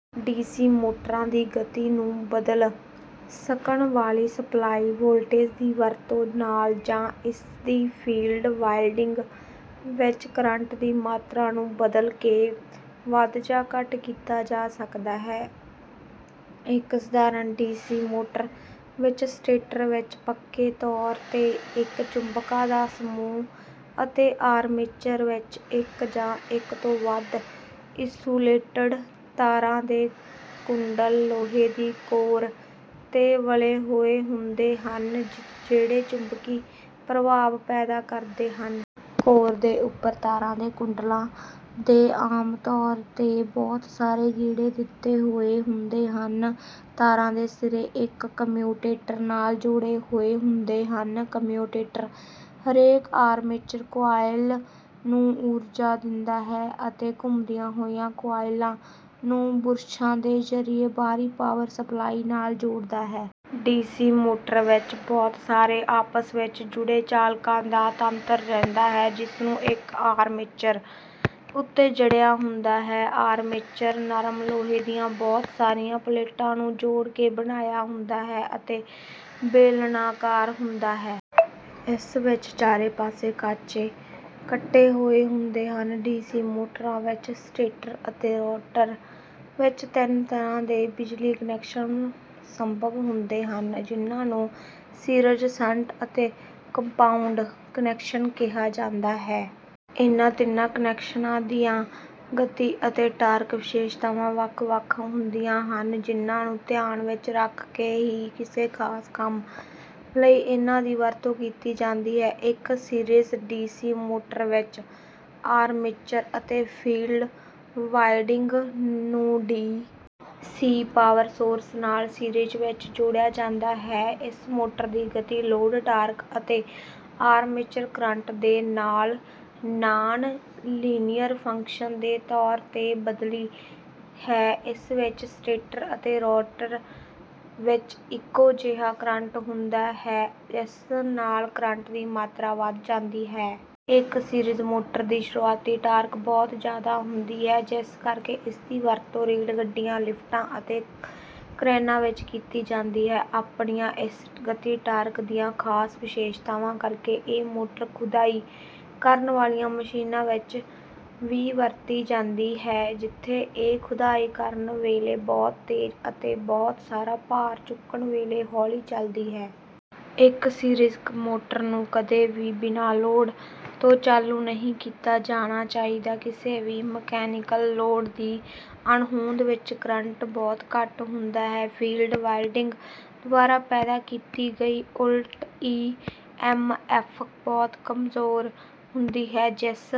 D C ਮੋਟਰਾਂ ਦੀ ਗਤੀ ਨੂੰ ਬਦਲ ਸਕਣ ਵਾਲੀ ਸਪਲਾਈ ਵੋਲਟੇਜ ਦੀ ਵਰਤੋਂ ਨਾਲ ਜਾਂ ਇਸਦੀ ਫੀਲਡ ਵਾਇੰਡਿੰਗ ਵਿੱਚ ਕਰੰਟ ਦੀ ਮਾਤਰਾ ਨੂੰ ਬਦਲ ਕੇ ਵੱਧ ਜਾਂ ਘੱਟ ਕੀਤਾ ਜਾ ਸਕਦਾ ਹੈ। ਇੱਕ ਸਧਾਰਨ ਡੀ ਸੀ ਮੋਟਰ ਵਿੱਚ ਸਟੇਟਰ ਵਿੱਚ ਪੱਕੇ ਤੌਰ ਤੇ ਇੱਕ ਚੁੰਬਕਾਂ ਦਾ ਸਮੂਹ ਅਤੇ ਆਰਮੇਚਰ ਵਿੱਚ ਇੱਕ ਜਾਂ ਇੱਕ ਤੋਂ ਵੱਧ ਇੰਸੂਲੇਟਡ ਤਾਰਾਂ ਦੇ ਕੁੰਡਲ ਲੋਹੇ ਦੀ ਕੋਰ ਤੇ ਵਲੇ ਹੋਏ ਹੁੰਦੇ ਹਨ, ਜਿਹੜੇ ਚੁੰਬਕੀ ਪ੍ਰਭਾਵ ਪੈਦਾ ਕਰਦੇ ਹਨ। ਕੋਰ ਦੇ ਉੱਪਰ ਤਾਰਾਂ ਦੇ ਕੁੰਡਲਾਂ ਦੇ ਆਮ ਤੌਰ ਤੇ ਬਹੁਤ ਸਾਰੇ ਗੇੜੇ ਦਿੱਤੇ ਹੋਏ ਹੁੰਦੇ ਹਨ। ਤਾਰਾਂ ਦੇ ਸਿਰੇ ਇੱਕ ਕਮਿਊਟੇਟਰ ਨਾਲ ਜੋੜੇ ਹੋਏ ਹੁੰਦੇ ਹਨ। ਕਮਿਊਟੇਟਰ ਹਰੇਕ ਆਰਮੇਚਰ ਕੁਆਇਲ ਨੂੰ ਊਰਜਾ ਦਿੰਦਾ ਹੈ ਅਤੇ ਘੁੰਮਦੀਆਂ ਹੋਈਆਂ ਕੁਆਇਲਾਂ ਨੂੰ ਬੁਰਸ਼ਾਂ ਦੇ ਜ਼ਰੀਏ ਬਾਹਰੀ ਪਾਵਰ ਸਪਲਾਈ ਨਾਲ ਜੋੜਦਾ ਹੈ। ਡੀਸੀ ਮੋਟਰ ਵਿੱਚ ਬਹੁਤ ਸਾਰੇ ਆਪਸ ਵਿੱਚ ਜੁੜੇ ਚਾਲਕਾਂ ਦਾ ਤੰਤਰ ਰਹਿੰਦਾ ਹੈ, ਜਿਸਨੂੰ ਇੱਕ ਆਰਮੇਚਰ ਉੱਤੇ ਜੜਿਆ ਹੁੰਦਾ ਹੈ। ਆਰਮੇਚਰ, ਨਰਮ ਲੋਹੇ ਦੀਆਂ ਬਹੁਤ ਸਾਰੀਆਂ ਪਲੇਟਾਂ ਨੂੰ ਜੋੜ ਕੇ ਬਣਾਇਆ ਹੁੰਦਾ ਹੈ ਅਤੇ ਬੇਲਨਾਕਾਰ ਹੁੰਦਾ ਹੈ। ਇਸ ਵਿੱਚ ਚਾਰੇ ਪਾਸੇ ਖਾਂਚੇ ਕੱਟੇ ਹੋਏ ਹੁੰਦੇ ਹਨ। ਡੀ ਸੀ ਮੋਟਰਾਂ ਵਿੱਚ ਸਟੇਟਰ ਅਤੇ ਰੋਟਰ ਵਿੱਚ ਤਿੰਨ ਤਰ੍ਹਾਂ ਦੇ ਬਿਜਲਈ ਕਨੈਕਸ਼ਨ ਸੰਭਵ ਹੁੰਦੇ ਹਨ, ਜਿਹਨਾਂ ਨੂੰ ਸੀਰੀਜ਼, ਸ਼ੰਟ ਅਤੇ ਕੰਪਾਊਂਡ ਕਨੈਕਸ਼ਨ ਕਿਹਾ ਜਾਂਦਾ ਹੈ। ਇਹਨਾਂ ਤਿੰਨਾਂ ਕਨੈਕਸ਼ਨਾਂ ਦੀਆਂ ਗਤੀ ਅਤੇ ਟਾਰਕ ਵਿਸ਼ੇਸ਼ਤਾਵਾਂ ਵੱਖ-ਵੱਖ ਹੁੰਦੀਆਂ ਹਨ, ਜਿਹਨਾਂ ਨੂੰ ਧਿਆਨ ਵਿੱਚ ਰੱਖ ਕੇ ਹੀ ਕਿਸੇ ਖਾਸ ਕੰਮ ਲਈ ਇਹਨਾਂ ਦੀ ਵਰਤੋਂ ਕੀਤੀ ਜਾਂਦੀ ਹੈ। ਇੱਕ ਸੀਰੀਜ਼ ਡੀ ਸੀ ਮੋਟਰ ਵਿੱਚ ਆਰਮੇਚਰ ਅਤੇ ਫੀਲਡ ਵਾਇੰਡਿੰਗ ਨੂੰ ਡੀ. ਸੀ. ਪਾਵਰ ਸੋਰਸ ਨਾਲ ਸੀਰੀਜ਼ ਵਿੱਚ ਜੋੜਿਆ ਜਾਂਦਾ ਹੈ। ਇਸ ਮੋਟਰ ਦੀ ਗਤੀ ਲੋਡ ਟਾਰਕ ਅਤੇ ਆਰਮੇਚਰ ਕਰੰਟ ਦੇ ਨਾਲ ਨਾਨ-ਲੀਨੀਅਰ ਫੰਕਸ਼ਨ ਦੇ ਤੌਰ ਤੇ ਬਦਲਦੀ ਹੈ। ਇਸ ਵਿੱਚ ਸਟੇਟਰ ਅਤੇ ਰੋਟਰ ਵਿੱਚ ਇੱਕੋ ਜਿਹਾ ਕਰੰਟ ਹੁੰਦਾ ਹੈ ਜਿਸ ਨਾਲ ਕਰੰਟ ਦੀ ਮਾਤਰਾ ਵਧ ਜਾਂਦੀ ਹੈ। ਇੱਕ ਸੀਰੀਜ਼ ਮੋਟਰ ਦੀ ਸ਼ੁਰੂਆਤੀ ਟਾਰਕ ਬਹੁਤ ਜ਼ਿਆਦਾ ਹੁੰਦੀ ਹੈ ਜਿਸ ਕਰਕੇ ਇਸਦੀ ਵਰਤੋਂ ਰੇਲਗੱਡੀਆਂ, ਲਿਫਟਾਂ ਅਤੇ ਕਰੇਨਾਂ ਵਿੱਚ ਕੀਤੀ ਜਾਂਦੀ ਹੈ। ਆਪਣੀਆਂ ਇਸ ਗਤੀ-ਟਾਰਕ ਦੀਆਂ ਖਾਸ ਵਿਸ਼ੇਸ਼ਤਾਵਾਂ ਕਰਕੇ ਇਹ ਮੋਟਰ ਖੁਦਾਈ ਕਰਨ ਵਾਲੀਆਂ ਮਸ਼ੀਨਾਂ ਵਿੱਚ ਵੀ ਵਰਤੀ ਜਾਂਦੀ ਹੈ ਜਿੱਥੇ ਇਹ ਖੁਦਾਈ ਕਰਨ ਵੇਲੇ ਬਹੁਤ ਤੇਜ਼ ਅਤੇ ਬਹੁਤ ਸਾਰਾ ਭਾਰ ਚੁੱਕਣ ਵੇਲੇ ਹੌਲੀ ਚੱਲਦੀ ਹੈ। ਇੱਕ ਸੀਰੀਜ਼ ਮੋਟਰ ਨੂੰ ਕਦੇ ਵੀ ਬਿਨ੍ਹਾਂ ਲੋਡ ਤੋਂ ਚਾਲੂ ਨਹੀਂ ਕੀਤਾ ਜਾਣਾ ਚਾਹੀਦਾ। ਕਿਸੇ ਵੀ ਮਕੈਨੀਕਲ ਲੋਡ ਦੀ ਅਣਹੋਂਦ ਵਿੱਚ ਕਰੰਟ ਬਹੁਤ ਘੱਟ ਹੁੰਦਾ ਹੈ, ਫੀਲਡ ਵਾਇੰਡਿੰਗ ਦੁਆਰਾ ਪੈਦਾ ਕੀਤੀ ਗਈ ਉਲਟ-ਈ ਐਮ ਐਫ ਬਹੁਤ ਕਮਜ਼ੋਰ ਹੁੰਦੀ ਹੈ, ਜਿਸ...